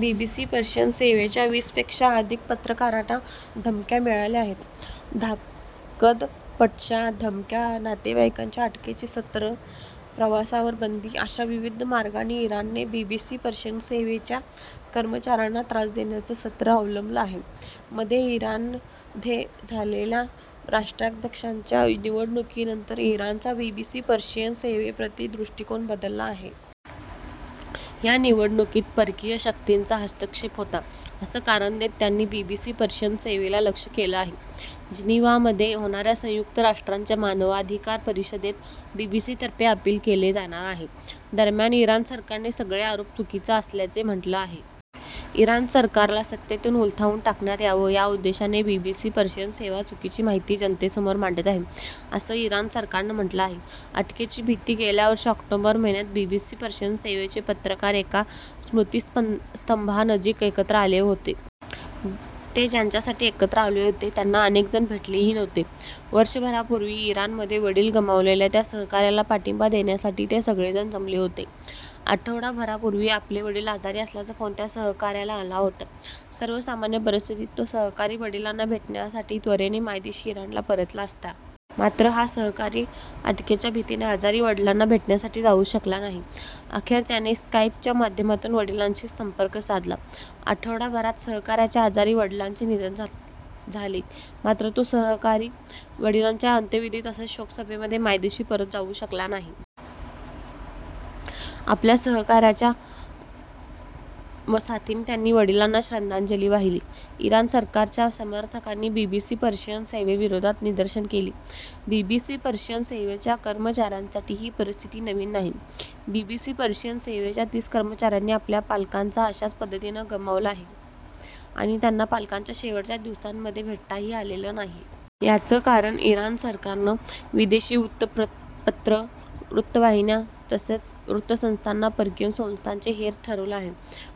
BBC Persian सेवेच्या वीसपेक्षा अधिक पत्रकारांना धमक्या मिळाल्या आहेत. धाकदपटशा, धमक्या, नातेवाईकांच्या अटकेचं सत्र, प्रवासावर बंदी, अशा विविध मार्गांनी इराणने बीबीसी पर्शियन सेवेच्या कर्मचाऱ्यांना त्रास देण्याचं सत्र अवलंबलं आहे. मध्ये इराणध्ये झालेल्या राष्ट्राध्यक्षांच्या निवडणुकीनंतर इराणचा बीबीसी पर्शियन सेवेप्रती दृष्टिकोन बदलला आहे. या निवडणुकीत परकीय शक्तींचा हस्तक्षेप होता असं कारण देत त्यांनी बीबीसी पर्शियन सेवेला लक्ष्य केलं आहे. जिनिव्हामध्ये होणाऱ्या संयुक्त राष्ट्रांच्या मानवाधिकार परिषदेत बीबीसीतर्फे अपील केले जाणार आहे. दरम्यान इराण सरकारने सगळे आरोप चुकीचं असल्याचं म्हटलं आहे. इराण सरकारला सत्तेतून उलथावून टाकण्यात यावं, याउद्देशाने बीबीसी पर्शियन सेवा चुकीची माहिती जनतेसमोर मांडत आहे, असं इराण सरकारनं म्हटलं आहे. अटकेची भीती गेल्या वर्षी ऑक्टोबर महिन्यात बीबीसी पर्शियन सेवेचे पत्रकार एका स्मृतिस्तंभानजीक एकत्र आले होते. ते ज्यांच्यासाठी एकत्र आले होते त्यांना अनेक जण भेटलेही नव्हते. वर्षभरापूर्वी इराणमध्ये वडील गमावलेल्या त्या सहकाऱ्याला पाठिंबा देण्यासाठी ते सगळेजण जमले होते. आठवडाभरापूर्वी आपले वडील आजारी असल्याचा फोन त्या सहकाऱ्याला आला होता. सर्वसामान्य परिस्थितीत तो सहकारी वडिलांना भेटण्यासाठी त्वरेने मायदेशी इराणला परतला असता. मात्र हा सहकारी अटकेच्या भीतीने आजारी वडिलांना भेटण्यासाठी जाऊ शकला नाही. अखेर त्याने स्काइपच्या माध्यमातून वडिलांशी संपर्क साधला. आठवडाभरात सहकाऱ्याच्या आजारी वडिलांचे निधन झाले. मात्र तो सहकारी वडिलांच्या अंत्यविधी तसंच शोकसभेसाठी मायदेशी परत जाऊ शकला नाही. आपल्या सहकाऱ्यांच्या साथीने त्यांनी वडिलांना श्रद्धांजली वाहिली. इराण सरकारच्या समर्थकांनी बीबीसी पर्शियन सेवेविरोधात निदर्शनं केली. बीबीसी पर्शियन सेवेच्या कर्मचाऱ्यांसाठी ही परिस्थिती नवीन नाही. बीबीसी पर्शियन सेवेच्या तीस कर्मचाऱ्यांनी आपल्या पालकांना अशाच पद्धतीने गमावलं आहे आणि त्यांना पालकांच्या शेवटच्या दिवसांमध्ये भेटताही आलेलं नाही. याचं कारण इराण सरकारनं विदेशी वृत्तपत्रं, वृत्तवाहिन्या तसंच वृत्तसंस्थांना परकीय संस्थांचे हेर ठरवलं आहे.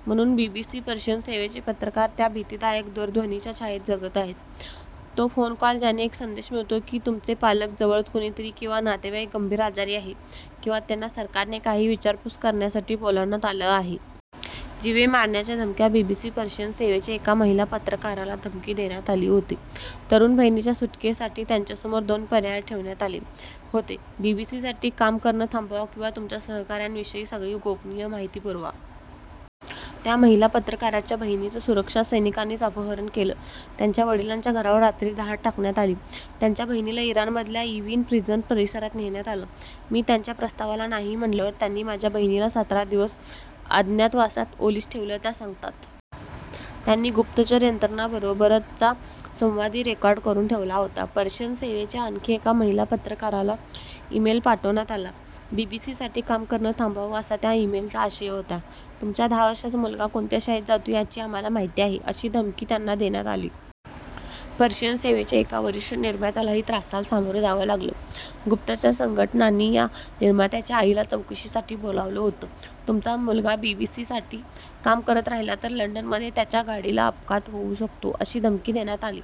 म्हणून बीबीसी पर्शियन सेवेचे पत्रकार त्या भीतीदायक दूरध्वनीच्या छायेत जगत आहेत, तो फोन कॉल ज्याने एक संदेश मिळतो की तुमचे पालक, जवळचं कुणीतरी किंवा नातेवाईक गंभीर आजारी आहे किंवा त्यांना सरकारने काही विचारपूस करण्यासाठी बोलवण्यात आलं आहे. जीवे मारण्याच्या धमक्या बीबीसी पर्शियन सेवेच्या एका महिला पत्रकाराला धमकी देण्यात आली होती. तरुण बहिणीच्या सुटकेसाठी त्यांच्यासमोर दोन पर्याय ठेवण्यात आले होते बीबीसीसाठी काम करणं थांबवा किंवा तुमच्या सहकाऱ्यांविषयी सगळी गोपनीय माहिती पुरवा. त्या महिला पत्रकाराच्या बहिणीचं सुरक्षा सैनिकांनीच अपहरण केलं. त्यांच्या वडिलांच्या घरावर रात्री धाड टाकण्यात आली. त्यांच्या बहिणीला इराणमधल्या इव्हिन प्रिझन परिसरात नेण्यात आलं. "मी त्यांच्या प्रस्तावाला नाही म्हटल्यावर त्यांनी माझ्या बहिणीला सतरा दिवस अज्ञातवासात ओलीस ठेवलं त्या सांगतात. त्यांनी गुप्तचर यंत्रणांबरोबरचा संवादही रेकॉर्ड करून ठेवला होता. पर्शियन सेवेच्या आणखी एका महिला पत्रकाराला इमेल पाठवण्यात आला. बीबीसीसाठी काम करणं थांबवावं, असा त्या इमेलचा आशय होता. तुमचा दहा वर्षांचा मुलगा कोणत्या शाळेत जातो याची आम्हाला माहिती आहे अशी धमकी त्यांना देण्यात आली. पर्शियन सेवेच्या एका वरिष्ठ निर्मात्यालाही त्रासाला सामोरं जावं लागलं. गुप्तचर संघटनांनी या निर्मात्याच्या आईला चौकशीसाठी बोलावलं होतं. तुमचा मुलगा बीबीसीसाठी काम करत राहिला तर लंडनमध्ये त्यांच्या गाडीला अपघात होऊ शकतो अशी धमकी देण्यात आली.